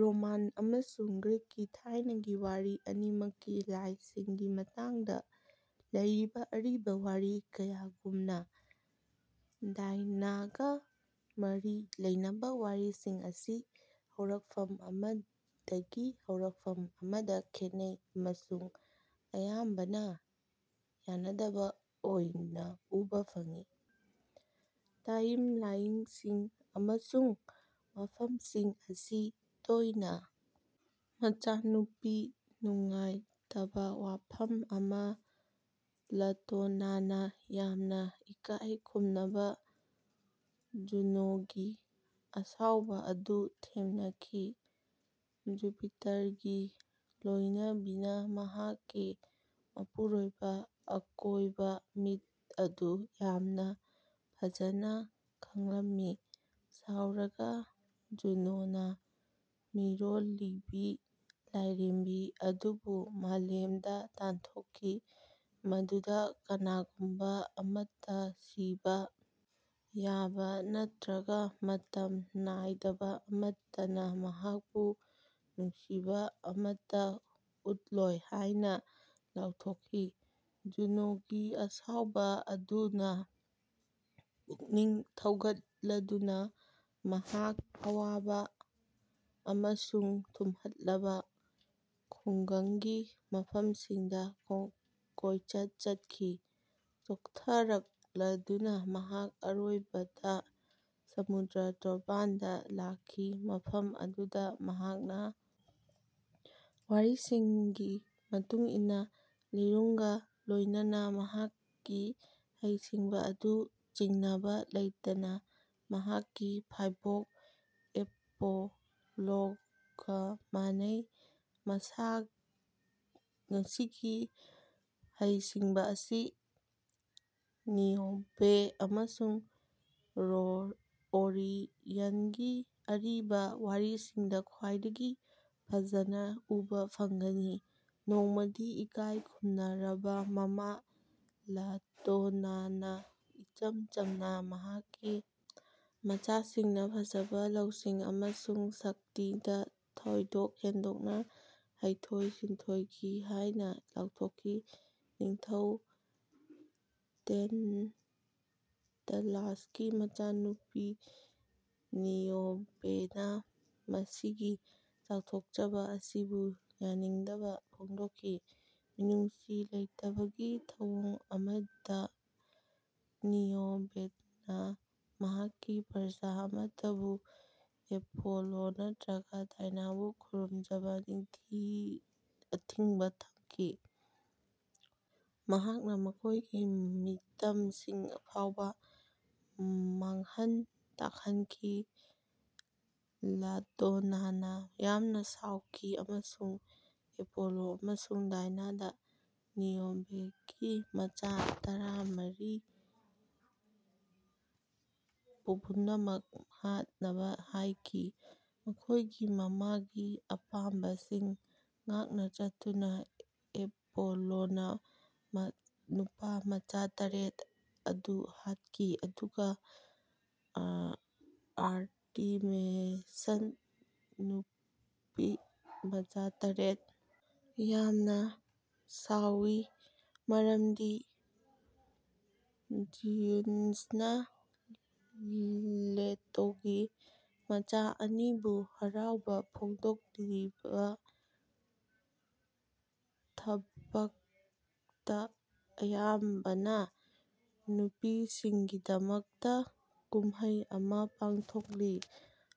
Roman ꯑꯃꯁꯨꯡ ꯒ꯭ꯔꯤꯛꯀꯤ ꯊꯥꯏꯅꯒꯤ ꯋꯥꯔꯤ ꯑꯅꯤꯃꯛꯀꯤ ꯂꯥꯏꯁꯤꯡꯒꯤ ꯃꯇꯥꯡꯗ ꯂꯩꯔꯤꯕ ꯑꯔꯤꯕ ꯋꯥꯔꯤ ꯀꯌꯥꯒꯨꯝꯅ, ꯗꯥꯏꯅꯥꯒ ꯃꯔꯤ ꯂꯩꯅꯕ ꯋꯥꯔꯤꯁꯤꯡ ꯑꯁꯤ ꯍꯧꯔꯛꯐꯝ ꯑꯃꯗꯒꯤ ꯍꯧꯔꯛꯐꯝ ꯑꯃꯗ ꯈꯦꯠꯅꯩ ꯑꯃꯁꯨꯡ ꯑꯌꯥꯝꯕꯅ ꯌꯥꯅꯗꯕ ꯑꯣꯏꯅ ꯎꯕ ꯐꯪꯏ꯫ ꯇꯥꯏꯝꯂꯥꯏꯟꯁꯤꯡ ꯑꯃꯁꯨꯡ ꯃꯐꯝꯁꯤꯡ ꯑꯁꯤ ꯇꯣꯏꯅ ꯃꯆꯥꯅꯨꯄꯤꯅꯤ꯫ ꯅꯨꯡꯉꯥꯏꯇꯕ ꯋꯥꯐꯝ ꯑꯃꯅ, ꯂꯥꯇꯣꯅꯥꯅ ꯌꯥꯝꯅ ꯏꯀꯥꯏ ꯈꯨꯝꯅꯕ ꯖꯨꯅꯣꯒꯤ ꯑꯁꯥꯎꯕ ꯑꯗꯨ ꯊꯦꯡꯅꯈꯤ꯫ ꯖꯨꯄꯤꯇꯔꯒꯤ ꯂꯣꯏꯅꯕꯤꯅ ꯃꯍꯥꯛꯀꯤ ꯃꯄꯨꯔꯣꯏꯕꯒꯤ ꯑꯀꯣꯏꯕ ꯃꯤꯠ ꯑꯗꯨ ꯌꯥꯝꯅ ꯐꯖꯅ ꯈꯪꯂꯝꯃꯤ꯫ ꯁꯥꯎꯔꯒ ꯖꯨꯅꯣꯅ ꯃꯤꯔꯣꯜꯂꯤꯕꯤ ꯂꯥꯏꯔꯦꯝꯕꯤ ꯑꯗꯨꯕꯨ ꯃꯥꯂꯦꯝꯗ ꯇꯥꯟꯊꯣꯛꯈꯤ, ꯃꯗꯨꯗ ꯀꯅꯥꯒꯨꯝꯕ ꯑꯃꯠꯇ, ꯁꯤꯕ ꯌꯥꯕ ꯅꯠꯇ꯭ꯔꯒ ꯃꯇꯝ ꯅꯥꯏꯗꯕ ꯑꯃꯠꯇꯅ ꯃꯍꯥꯛꯄꯨ ꯅꯨꯡꯁꯤꯕ ꯑꯃꯠꯇ ꯎꯠꯂꯣꯏ ꯍꯥꯏꯅ ꯂꯥꯎꯊꯣꯛꯈꯤ꯫ ꯖꯨꯅꯣꯒꯤ ꯑꯁꯥꯎꯕ ꯑꯗꯨꯅ ꯄꯨꯛꯅꯤꯡ ꯊꯧꯒꯠꯂꯗꯨꯅ, ꯃꯍꯥꯛ ꯑꯋꯥꯕ ꯑꯃꯁꯨꯡ ꯊꯨꯝꯍꯜꯂꯕ ꯈꯨꯡꯒꯪꯒꯤ ꯃꯐꯝꯁꯤꯡꯗ ꯀꯣꯏꯆꯠ ꯆꯠꯈꯤ꯫ ꯆꯣꯛꯊꯔꯛꯂꯗꯨꯅ, ꯃꯍꯥꯛ ꯑꯔꯣꯏꯕꯗ ꯁꯃꯨꯗ꯭ꯔ ꯇꯣꯔꯕꯥꯟꯗ ꯂꯥꯛꯈꯤ ꯃꯐꯝ ꯑꯗꯨꯗ ꯃꯍꯥꯛꯅ ꯋꯥꯔꯤꯁꯤꯡꯒꯤ ꯃꯇꯨꯡ ꯏꯟꯅ, ꯂꯤꯔꯨꯡꯒ ꯂꯣꯏꯅꯅ ꯃꯍꯥꯛꯀꯤ ꯍꯩꯁꯤꯡꯕ ꯑꯗꯨ ꯆꯤꯡꯅꯕ ꯂꯩꯇꯅ ꯃꯍꯥꯛꯀꯤ ꯐꯥꯏꯕꯣꯛ ꯑꯦꯄꯣꯂꯣꯒ ꯃꯥꯟꯅꯩ꯫ ꯃꯁꯤꯒꯤ ꯍꯩꯁꯤꯡꯕ ꯑꯁꯤ ꯅꯤꯑꯣꯕꯦ ꯑꯃꯁꯨꯡ ꯑꯣꯔꯤꯌꯟꯒꯤ ꯑꯔꯤꯕ ꯋꯥꯔꯤꯁꯤꯡꯗ ꯈ꯭ꯋꯥꯏꯗꯒꯤ ꯐꯖꯅ ꯎꯕ ꯐꯪꯒꯅꯤ꯫ ꯅꯣꯡꯃꯗꯤ ꯏꯀꯥꯏ ꯈꯨꯝꯅꯔꯕ ꯃꯃꯥ ꯂꯥꯇꯣꯅꯥꯅ ꯏꯆꯝ-ꯆꯝꯅ ꯃꯍꯥꯛꯀꯤ ꯃꯆꯥꯁꯤꯡꯅ ꯐꯖꯕ, ꯂꯧꯁꯤꯡ ꯑꯃꯁꯨꯡ ꯁꯛꯇꯤꯗ ꯊꯣꯏꯗꯣꯛ ꯍꯦꯟꯗꯣꯛꯅ ꯍꯩꯊꯣꯏ-ꯁꯤꯡꯊꯣꯏꯈꯤ ꯍꯥꯏꯅ ꯂꯥꯎꯊꯣꯛꯈꯤ꯫ ꯅꯤꯡꯊꯧ ꯇꯦꯟꯇꯥꯂꯁꯀꯤ ꯃꯆꯥꯅꯨꯄꯤ ꯅꯤꯑꯣꯕꯦꯅ ꯃꯁꯤꯒꯤ ꯆꯥꯎꯊꯣꯛꯆꯕ ꯑꯁꯤꯕꯨ ꯌꯥꯅꯤꯡꯗꯕ ꯐꯣꯡꯗꯣꯛꯈꯤ꯫ ꯃꯤꯅꯨꯡꯁꯤ ꯂꯩꯇꯕꯒꯤ ꯊꯧꯑꯣꯡ ꯑꯃꯗ, ꯅꯤꯑꯣꯕꯦꯅ ꯃꯍꯥꯛꯀꯤ ꯄ꯭ꯔꯖꯥ ꯑꯃꯠꯇꯕꯨ ꯑꯦꯄꯣꯂꯣ ꯅꯠꯇ꯭ꯔꯒ ꯗꯥꯏꯅꯥꯕꯨ ꯈꯨꯔꯨꯝꯖꯕ ꯑꯊꯤꯡꯕ ꯊꯝꯈꯤ꯫ ꯃꯍꯥꯛꯅ ꯃꯈꯣꯏꯒꯤ ꯃꯤꯇꯝꯁꯤꯡ ꯐꯥꯎꯕ ꯃꯥꯡꯍꯟ ꯇꯥꯛꯍꯟꯈꯤ꯫ ꯂꯥꯇꯣꯅꯥꯅ ꯌꯥꯝꯅ ꯁꯥꯎꯈꯤ ꯑꯃꯁꯨꯡ ꯑꯦꯄꯣꯂꯣ ꯑꯃꯁꯨꯡ ꯗꯥꯏꯅꯥꯗ ꯅꯤꯑꯣꯕꯦꯒꯤ ꯃꯆꯥ ꯇꯔꯥꯃꯔꯤ ꯄꯨꯝꯅꯃꯛ ꯍꯥꯠꯅꯕ ꯍꯥꯏꯈꯤ꯫ ꯃꯈꯣꯏꯒꯤ ꯃꯃꯥꯒꯤ ꯑꯄꯥꯝꯕꯁꯤꯡ ꯉꯥꯛꯅ ꯆꯠꯇꯨꯅ ꯑꯦꯄꯣꯂꯣꯅ ꯅꯨꯄꯥꯃꯆꯥ ꯇꯔꯦꯠ ꯑꯗꯨ ꯍꯥꯠꯈꯤ ꯑꯗꯨꯒ ꯑꯥꯔꯇꯦꯃꯤꯁꯟ ꯅꯨꯄꯤꯃꯆꯥ ꯇꯔꯦꯠ ꯌꯥꯝꯅ ꯁꯥꯎꯋꯤ ꯃꯔꯝꯗꯤ ꯖꯤꯎꯁꯅ ꯂꯦꯇꯣꯒꯤ ꯃꯆꯥ ꯑꯅꯤꯕꯨ ꯍꯔꯥꯎꯕ ꯐꯣꯡꯗꯣꯛꯂꯤꯕ ꯊꯦꯕꯁꯇ ꯑꯌꯥꯝꯕꯅ ꯅꯨꯄꯤꯁꯤꯡꯒꯤꯗꯃꯛꯇ ꯀꯨꯝꯍꯩ ꯑꯃ ꯄꯥꯡꯊꯣꯛꯂꯤ꯫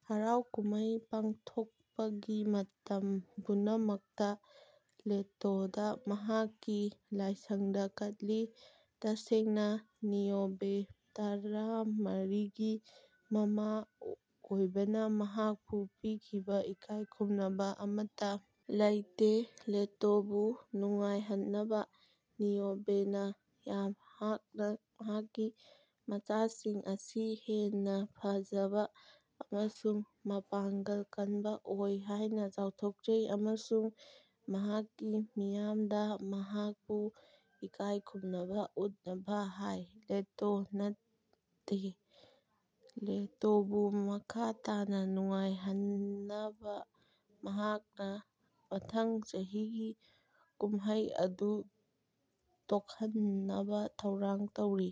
ꯍꯔꯥꯎ-ꯀꯨꯝꯍꯩ ꯄꯥꯡꯊꯣꯛꯄꯒꯤ ꯃꯇꯝ ꯄꯨꯝꯅꯃꯛꯇ, ꯂꯦꯇꯣꯗ ꯃꯍꯥꯛꯀꯤ ꯂꯥꯏꯁꯪꯗ ꯀꯠꯂꯤ꯫ ꯇꯁꯦꯡꯅ, ꯅꯤꯑꯣꯕꯦ, ꯇꯔꯥꯃꯔꯤꯒꯤ ꯃꯃꯥ ꯑꯣꯏꯕꯅ, ꯃꯍꯥꯛꯄꯨ ꯄꯤꯈꯤꯕ ꯏꯀꯥꯏ ꯈꯨꯝꯅꯕ ꯑꯃꯠꯇ ꯂꯩꯇꯦ꯫ ꯂꯦꯇꯣꯕꯨ ꯅꯨꯡꯉꯥꯏꯍꯟꯅꯕ, ꯅꯤꯑꯣꯕꯦꯅ ꯃꯍꯥꯛꯀꯤ ꯃꯆꯥꯁꯤꯡ ꯑꯁꯤ ꯍꯦꯟꯅ ꯐꯖꯕ ꯑꯃꯁꯨꯡ ꯃꯄꯥꯡꯒꯜ ꯀꯟꯕ ꯑꯣꯏ ꯍꯥꯏꯅ ꯆꯥꯎꯊꯣꯛꯆꯩ ꯑꯃꯁꯨꯡ ꯃꯍꯥꯛꯀꯤ ꯃꯤꯌꯥꯝꯗ ꯃꯍꯥꯛꯄꯨ ꯏꯀꯥꯏ ꯈꯨꯝꯅꯕ ꯎꯠꯅꯕ ꯍꯥꯏ, ꯂꯦꯇꯣ ꯅꯠꯇꯦ꯫ ꯂꯦꯇꯣꯕꯨ ꯃꯈꯥ ꯇꯥꯅ ꯅꯨꯡꯉꯥꯏꯍꯟꯅꯕ ꯃꯍꯥꯛꯅ ꯃꯊꯪ ꯆꯍꯤꯒꯤ ꯀꯨꯝꯍꯩ ꯑꯗꯨ ꯇꯣꯛꯍꯟꯅꯕ ꯊꯧꯔꯥꯡ ꯇꯧꯔꯤ꯫